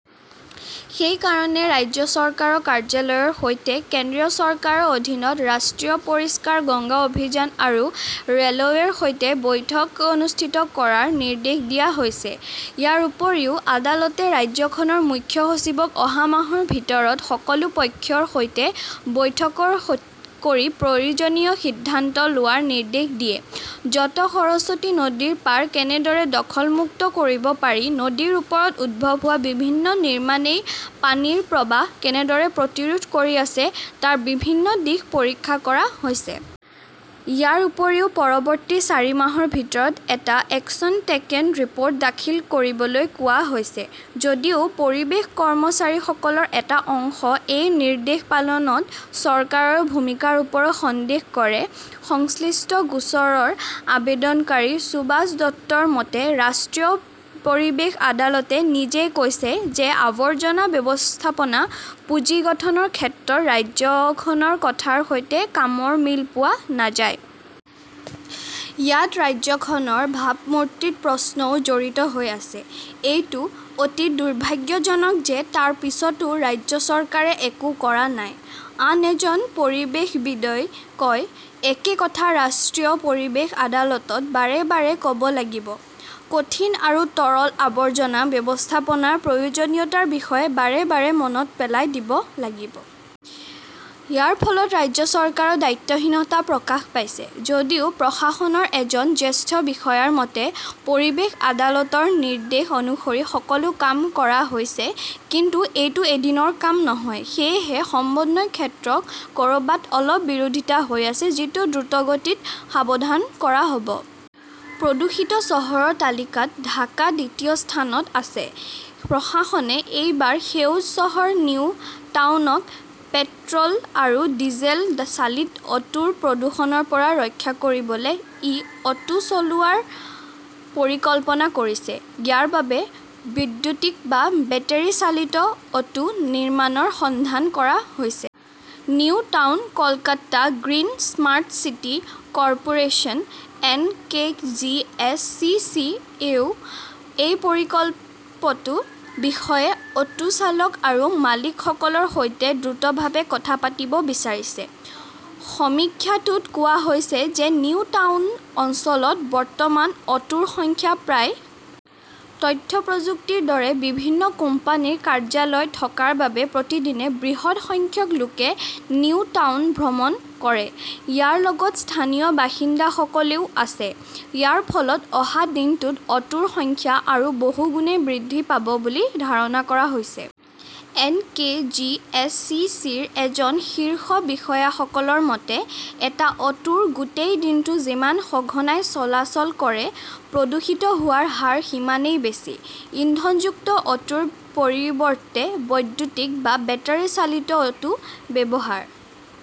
সেই কাৰণে, ৰাজ্য চৰকাৰৰ কাৰ্যালয়ৰ লগতে কেন্দ্ৰীয় চৰকাৰৰ অধীনত ৰাষ্ট্ৰীয় পৰিষ্কাৰ গংগা অভিযান আৰু ৰে "লৱেৰ সৈতে বৈঠক অনুষ্ঠিত কৰাৰ নিৰ্দেশ দিয়া হৈছে। ইয়াৰ উপৰিও, আদালতে ৰাজ্যখনৰ মুখ্য সচিবক অহা মাহৰ ভিতৰত সকলো পক্ষৰ সৈতে বৈঠক কৰি প্ৰয়োজনীয় সিদ্ধান্ত লোৱাৰ নিৰ্দেশ দিয়ে, য "ত সৰস্বতী নদীৰ পাৰ কেনেদৰে দখল-মুক্ত কৰিব পাৰি, নদীৰ ওপৰত উদ্ভৱ হোৱা বিভিন্ন নিৰ্মাণই পানীৰ প্ৰবাহ কেনেদৰে প্ৰতিৰোধ কৰি আছে তাৰ বিভিন্ন দিশ পৰীক্ষা কৰা হয়। ইয়াৰ উপৰিও পৰৱৰ্তী চাৰি মাহৰ ভিতৰত এটা 'একশ্যন টেকেন ৰিপৰ্ট "দাখিল কৰিবলৈ কোৱা হৈছে। যদিও পৰিৱেশ কৰ্মীসকলৰ এটা অংশ এই নিৰ্দেশ পালনত চৰকাৰৰ ভূমিকাৰ ওপৰত সন্দেহ কৰে। সংশ্লিষ্ট গোচৰৰ আবেদনকাৰী সুভাষ দত্তৰ মতে, "ৰাষ্ট্ৰীয় পৰিৱেশ আদালতে নিজেই কৈছে যে আৱৰ্জনা ব্যৱস্থাপনা পুঁজি গঠনৰ ক্ষেত্ৰত ৰাজ্যখনৰ কথাৰ সৈতে কামৰ মিল পোৱা নাযায়। ইয়াত ৰাজ্যখনৰ ভাবমূৰ্তিৰ প্ৰশ্নও জড়িত হৈ আছে। এইটো অতি দুৰ্ভাগ্যজনক যে তাৰ পিছতো ৰাজ্য চৰকাৰে একো কৰা নাই! "আন এজন পৰিৱেশবিদই কয়", একে কথা ৰাষ্ট্ৰীয় পৰিৱেশ আদালতত বাৰে বাৰে ক "ব লাগিব। কঠিন আৰু তৰল আৱৰ্জনা ব্যৱস্থাপনাৰ প্ৰয়োজনীয়তাৰ বিষয়ে বাৰে বাৰে মনত পেলাই দিব লাগিব। ইয়াৰ ফলত ৰাজ্য চৰকাৰৰ দায়িত্বহীনতা প্ৰকাশ পাইছে। "যদিও প্ৰশাসনৰ এজন জ্যেষ্ঠ বিষয়াৰ মতে", পৰিৱেশ আদালতৰ নিৰ্দেশ অনুসৰি সকলো কাম কৰা হৈছে। কিন্তু এইটো এদিনৰ কাম নহয়। সেয়েহে সমন্বয়ৰ ক্ষেত্ৰত ক "ৰবাত অলপ বিৰোধিতা হৈ আছে, যিটো দ্ৰুতগতিত সমাধান কৰা হ" ব। "। প্ৰদূষিত চহৰৰ তালিকাত ঢাকা দ্বিতীয় স্থানত আছে প্ৰশাসনে এইবাৰ সেউজ চহৰ নিউ টাউনক পেট্ৰ "ল আৰু ডিজেল চালিত অটোৰ প্ৰদূষণৰ পৰা ৰক্ষা কৰিবলৈ ই-অটো চলোৱাৰ পৰিকল্পনা কৰিছে। ইয়াৰ বাবে বৈদ্যুতিক বা বেটাৰী চালিত অটো নিৰ্মাতাৰ সন্ধান কৰা হৈছে। New Town Kolkata Green Smart City Corporation, N. K. G. S. C. C. -য়েও এই প্ৰকল্পটোৰ বিষয়ে অটো চালক আৰু মালিকসকলৰ সৈতে দ্ৰুতভাৱে কথা পাতিব বিচাৰিছে। সমীক্ষাটোত কোৱা হৈছে যে নিউ টাউন অঞ্চলত বৰ্তমান অটোৰ সংখ্যা প্ৰায়। তথ্য প্ৰযুক্তিৰ দৰে বিভিন্ন কোম্পানীৰ কাৰ্যালয় থকাৰ বাবে প্ৰতিদিনে বৃহৎ সংখ্যক লোকে নিউ টাউন ভ্ৰমণ কৰে। ইয়াৰ লগত স্থানীয় বাসিন্দাসকলও আছে। ইয়াৰ ফলত অহা দিনটোত অটোৰ সংখ্যা আৰু বহুগুণে বৃদ্ধি পাব বুলি ধাৰণা কৰা হৈছে। N. K. G. S. C. C. -ৰ এজন শীৰ্ষ বিষয়াসকলৰ মতে, "এটা অটোৱে গোটেই দিনটো যিমান সঘনাই চলাচল কৰে, প্ৰদূষিত হোৱাৰ হাৰ সিমানেই বেছি"। ইন্ধনযুক্ত অটোৰ পৰিৱৰ্তে বৈদ্যুতিক বা বেটাৰী চালিত অটো ব্যৱহাৰ